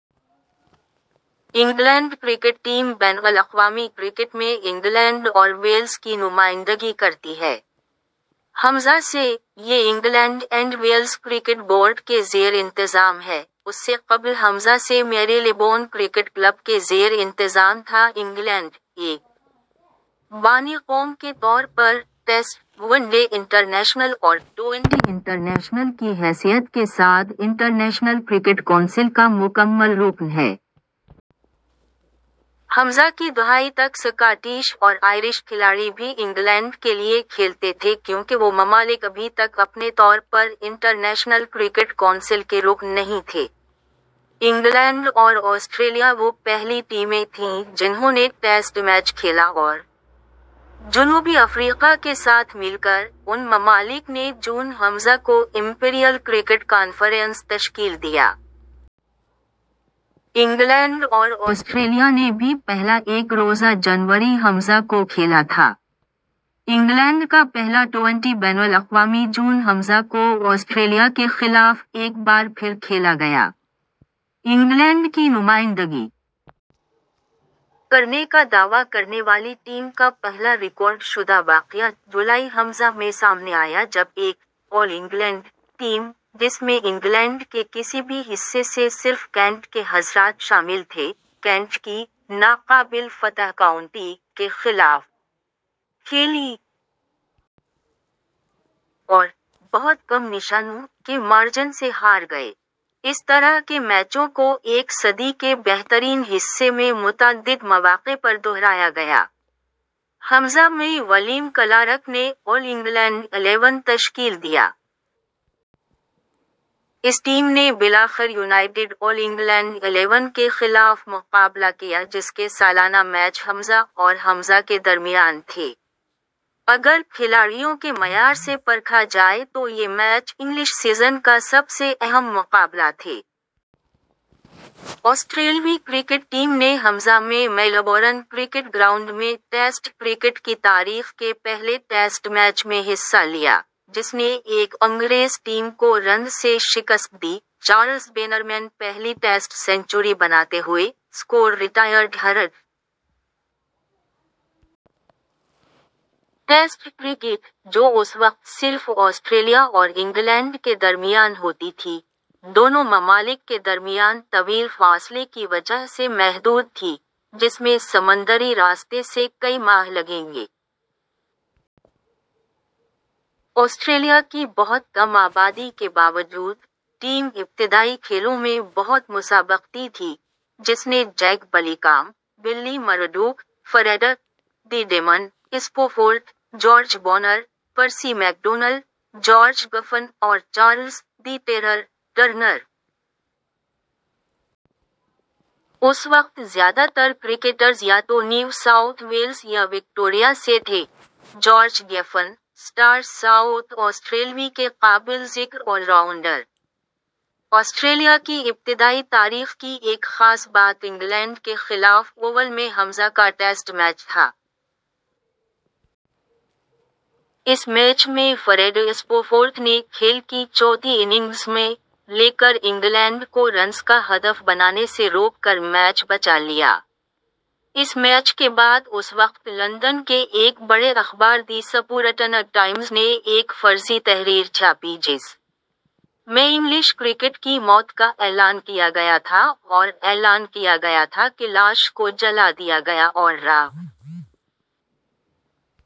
England cricket team بین الاقوامی cricket میں انگلینڈ اور ویلز کی نمائندگی کرتی ہے۔ ء سے، یہ England and Wales cricket board کے زیر انتظام ہے، اس سے قبل ء سے میریلیبون کرکٹ کلب کے زیر انتظام تھا انگلینڈ، ایک بانی قوم کے طور پر، ٹیسٹ ، ون ڈے انٹرنیشنل اور ٹوئنٹی انٹرنیشنل کی حیثیت کے ساتھ انٹرنیشنل کرکٹ کونسل کا مکمل رکن ہے۔ ء کی دہائی تک سکاٹش اور آئرش کھلاڑی بھی انگلینڈ کے لیے کھیلتے تھے کیونکہ وہ ممالک ابھی تک اپنے طور پر آئی سی سی کے رکن نہیں تھے۔ انگلینڈ اور آسٹریلیا وہ پہلی ٹیمیں تھیں جنھوں نے ٹیسٹ میچ کھیلا اور جنوبی افریقہ کے ساتھ مل کر، ان ممالک نے جون ء کو امپیریل کرکٹ کانفرنس تشکیل دیا۔ انگلینڈ اور آسٹریلیا نے بھی پہلا ایک روزہ جنوری ء کو کھیلا تھا۔ انگلینڈ کا پہلا ٹوئنٹی بین الاقوامی جون ء کو آسٹریلیا کے خلاف ایک بار پھر کھیلا گیا۔ انگلینڈ کی نمائندگی کرنے کا دعویٰ کرنے والی ٹیم کا پہلا ریکارڈ شدہ واقعہ جولائی ء میں سامنے آیا جب ایک "آل انگلینڈ" ٹیم، جس میں انگلینڈ کے کسی بھی حصے سے صرف کینٹ کے حضرات شامل تھے، کینٹ کی "ناقابل فتح کاؤنٹی" کے خلاف کھیلی۔ اور "بہت کم نشانوں" کے مارجن سے ہار گئے۔ اس طرح کے میچوں کو ایک صدی کے بہترین حصے میں متعدد مواقع پر دہرایا گیا۔ ء میں ولیم کلارک نے آل انگلینڈ الیون تشکیل دیا۔ اس ٹیم نے بالآخر یونائیٹڈ آل انگلینڈ الیون کے خلاف مقابلہ کیا جس کے سالانہ میچ ء اور ء کے درمیان تھے۔ اگر کھلاڑیوں کے معیار سے پرکھا جائے تو یہ میچ انگلش سیزن کا سب سے اہم مقابلہ تھے۔ آسٹریلوی کرکٹ ٹیم نے ء میں میلبورن کرکٹ گراؤنڈ میں ٹیسٹ کرکٹ کی تاریخ کے پہلے ٹیسٹ میچ میں حصہ لیا، جس نے ایک انگریز ٹیم کو رنز سے شکست دی، چارلس بینرمین پہلی ٹیسٹ سنچری بناتے ہوئے، score retired hurt. Test cricket, جو اس وقت صرف آسٹریلیا اور انگلینڈ کے درمیان ہوتی تھی، دونوں ممالک کے درمیان طویل فاصلے کی وجہ سے محدود تھی، جس میں سمندری راستے سے کئی ماہ لگیں گے۔ آسٹریلیا کی بہت کم آبادی کے باوجود، ٹیم ابتدائی کھیلوں میں بہت مسابقتی تھی، جس نے Jack Blackham, Billy Murdoch, Fred "the Demon" Spofforth, George Bonnor, Percy McDonnell, George Giffen اور چارلس "دی ٹیرر" ٹرنر۔ اس وقت زیادہ تر کرکٹرز یا تو نیو ساؤتھ ویلز یا وکٹوریہ سے تھے، جارج گیفن، اسٹار ساؤتھ آسٹریلوی کے قابل ذکر آل راؤنڈر. آسٹریلیا کی ابتدائی تاریخ کی ایک خاص بات انگلینڈ کے خلاف اوول میں ء کا ٹیسٹ میچ تھا۔ اس میچ میں فریڈ اسپوفورتھ نے کھیل کی چوتھی اننگز میں / لے کر انگلینڈ کو رنز کا ہدف بنانے سے روک کر میچ بچا لیا۔ اس میچ کے بعد اس وقت لندن کے ایک بڑے اخبار دی سپورٹنگ ٹائمز نے ایک فرضی تحریر چھاپی جس میں انگلش کرکٹ کی موت کا اعلان کیا گیا تھا اور اعلان کیا گیا تھا کہ لاش کو جلا دیا گیا اور راکھ۔